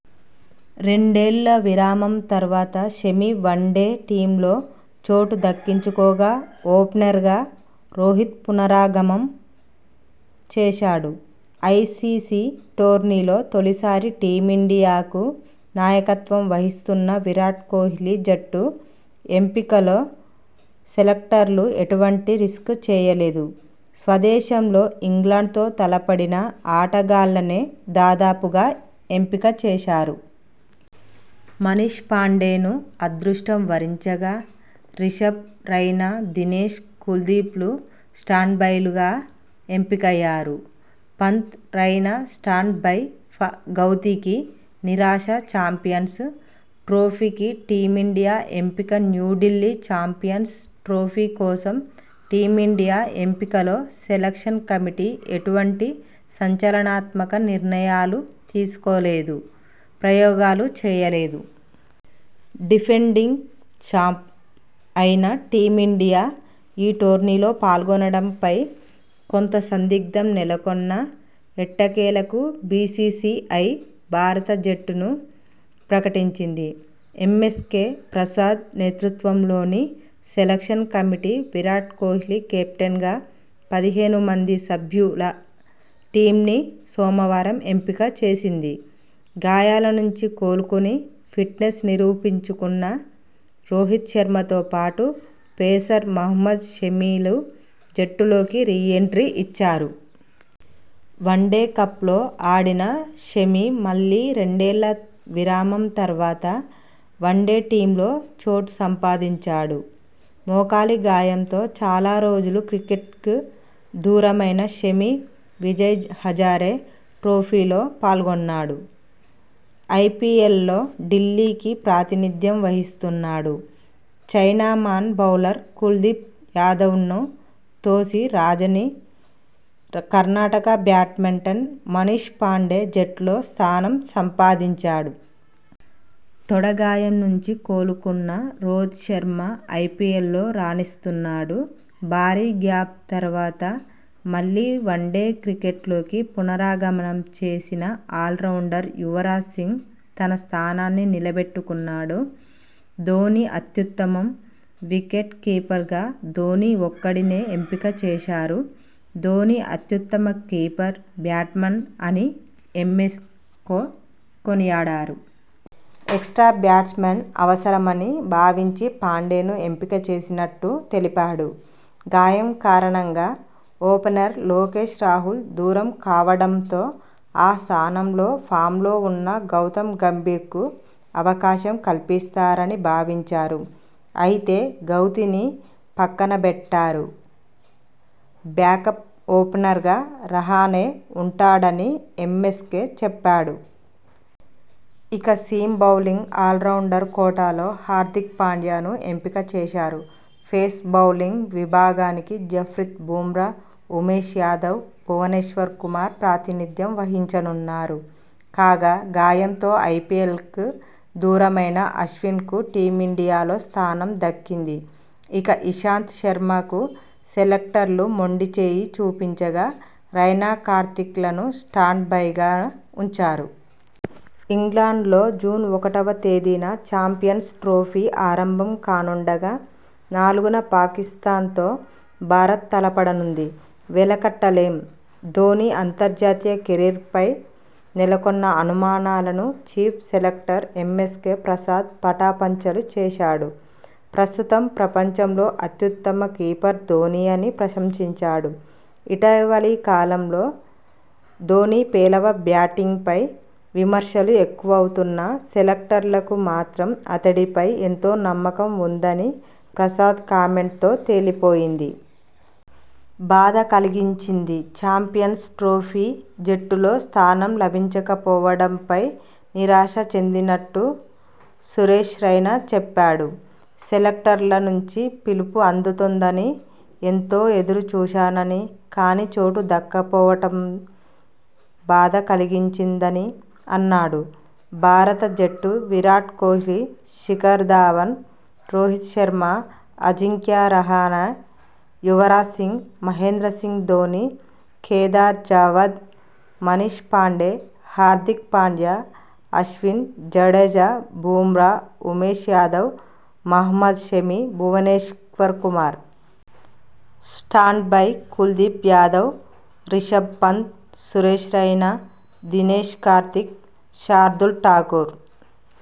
రెండేళ్ల విరామం తర్వాత షమి వన్డే టీమ్లో చోటు దక్కించుకోగా ఓపెనర్గా రోహిత్ పునరాగమం చేశాడు. ఐసీసీ టోర్నీలో తొలిసారి టీమిండియాకు నాయకత్వం వహిస్తున్న విరాట్ కోహ్లీ జట్టు ఎంపికలో సెలెక్టర్లు ఎటువంటి రిస్క్ చేయలేదు. స్వదేశంలో ఇంగ్లండ్తో తలపడిన ఆట గాళ్లనే దాదాపుగా ఎంపిక చేశారు. మనీష్ పాండేను అదృష్టం వరించగా రిషభ్, రైనా, దినేష్, కుల్దీప్ లు స్టాండ్ బైలుగా ఎంపికయ్యారు. పంత్, రైనా స్టాండ్ బై ఫ గౌతీకి నిరాశ చాంపియన్స్ ట్రోఫీకి టీమిండియా ఎంపిక న్యూఢిల్లీ చాంపియన్స్ ట్రోఫీ కోసం టీమిండియా ఎంపికలో సెలెక్షన్ కమిటీ ఎటువంటి సంచలనాత్మక నిర్ణయాలు తీసుకోలేదు ప్రయోగాలూ చేయలేదు. డిఫెండింగ్ చాంప్ అయిన టీమిండియా ఈ టోర్నీలో పాల్గొనడంపై కొంత సందిగ్ధం నెలకొన్నా ఎట్టకేలకు బీసీసీఐ భారత జట్టును ప్రకటించింది. ఎమ్మెస్కే ప్రసాద్ నేతృత్వంలోని సెలెక్షన్ కమిటీ విరాట్ కోహ్లీ కెప్టెన్గా పదిహేను మంది సభ్యు ల టీమ్ను సోమవారం ఎంపిక చేసింది. గాయాల నుంచి కోలుకుని ఫిట్నెస్ నిరూపించుకున్న రోహిత శర్మతోపాటు పేసర్ మహమ్మద్ షమిలు జట్టులోకి రీ ఎంట్రీ ఇచ్చారు. వరల్డ్ కప్లో ఆడిన షమి మళ్లీ రెండేళ్ల విరామం తర్వాత వన్డే టీమ్లో చోటు సంపాదించాడు. మోకాలి గాయంతో చాలా రోజులు క్రికెట్కు దూరమైన షమి విజయ్ హజారే ట్రోఫీలో పాల్గొన్నాడు. ఐపీఎల్లో ఢిల్లీకి ప్రాతినిధ్యం వహిస్తున్నాడు. చైనామన్ బౌలర్ కుల్దీప్ యాదవ్ను తోసి రాజని కర్ణాటక బ్యాట్స్మన్ మనీష్ పాండే జట్టులో స్థానం సంపాదించాడు. తొడ గాయం నుంచి కోలుకున్న రోహిత శర్మ ఐపీఎల్లో రాణిస్తున్నాడు. భారీ గ్యాప్ తర్వాత మళ్లీ వన్డే క్రికెట్లోకి పునరాగమనం చేసిన ఆల్రౌండర్ యువరాజ్ సింగ్ తన స్థానాన్ని నిలబెట్టుకున్నాడు. ధోనీ అత్యుత్తమం వికెట్ కీపర్గా ధోనీ ఒక్కడినే ఎంపిక చేశారు. ధోనీ అత్యుత్తమ కీపర్, బ్యాట్స్మన్ అని ఎమ్మెకో కొనియాడాడు. ఎక్స్ట్రా బ్యాట్స్మన్ అవసరమని భావించి పాండేను ఎంపిక చేసినట్టు తెలిపాడు. గాయం కారణంగా ఓపెనర్ లోకేష్ రాహుల్ దూరం కావడంతో ఆ స్థానంలో ఫామ్లో ఉన్న గౌతమ్ గంభీర్కు అవకాశం కల్పిస్తారని భావించారు. అయితే గౌతీని పక్కన బెట్టారు. బ్యాకప్ ఓపెనర్గా రహానె ఉంటాడని ఎమ్మెస్కే చెప్పాడు. ఇక సీమ్ బౌలింగ్ ఆల్రౌండర్ కోటాలో హార్దిక్ పాండ్యాను ఎంపిక చేశారు పేస్ బౌలింగ్ విభాగానికి జస్ప్రీత బుమ్రా, ఉమేష్ యాదవ్, భువనేశ్వర్ కుమార్ ప్రాతినిధ్యం వహించనున్నారు. కాగా, గాయంతో ఐపీఎల్కు దూరమైన అశ్విన్కు టీమిండియాలో స్థానం దక్కింది. ఇక ఇషాంత శర్మకు సెలెక్టర్లు మొండి చేయి చూపించగా రైనా, కార్తీక్లను స్టాండ్ బైగా ఉంచారు. ఇంగ్లండ్లో జూన్ ఒకటివ తేదీన చాంపియన్స్ ట్రోఫీ ఆరంభం కానుండగా నాలుగున పాకిస్థాన్తో భారత తలపడనుంది. వెలకట్టలేం ధోనీ అంతర్జాతీయ కెరీర్పై నెలకొన్న అనుమానాలను చీఫ్ సెలెక్టర్ ఎమ్మెస్కే ప్రసాద్ పటాపంచలు చేశాడు. ప్రస్తుతం ప్రపంచంలో అత్యుత్తమ కీపర్ ధోనీ అని ప్రశంసించాడు. ఇటీవలి కాలంలో ధోనీ పేలవ బ్యాటింగ్పై విమర్శలు ఎక్కువవుతున్నా సెలెక్టర్లకు మాత్రం అతడిపై ఎంతో నమ్మకం ఉందని ప్రసాద్ కామెంట్తో తేలిపోయింది. బాధ కలిగించింది చాంపియన్స్ ట్రోఫీ జట్టులో స్థానం లభించకపోవడంపై నిరాశ చెందినట్టు సురేష్ రైనా చెప్పాడు. సెలెక్టర్ల నుంచి పిలుపు అందుతుందని ఎంతో ఎదురు చూశానని కానీ చోటు దక్కపోవడం బాధ కలిగించిందని అన్నాడు. భారత జట్టు విరాట్ కోహ్లీ, శిఖర్ ధవన్, రోహిత్ శర్మ, అజింక్యా రహానె, యువరాజ్ సింగ్, మహేంద్ర సింగ్ ధోనీ, కేదార్ జాదవ్, మనీష్ పాండే, హార్దిక్ పాండ్యా, అశ్విన్, జడేజా, బుమ్రా, ఉమేష్ యాదవ్, మహమ్మద్ షమి, భువనేశ్వర్ కుమార్. Standby Kuldeep Yadav, Rishabh Pant, Suresh Raina, Dinesh Karthik, Shardul Thakur.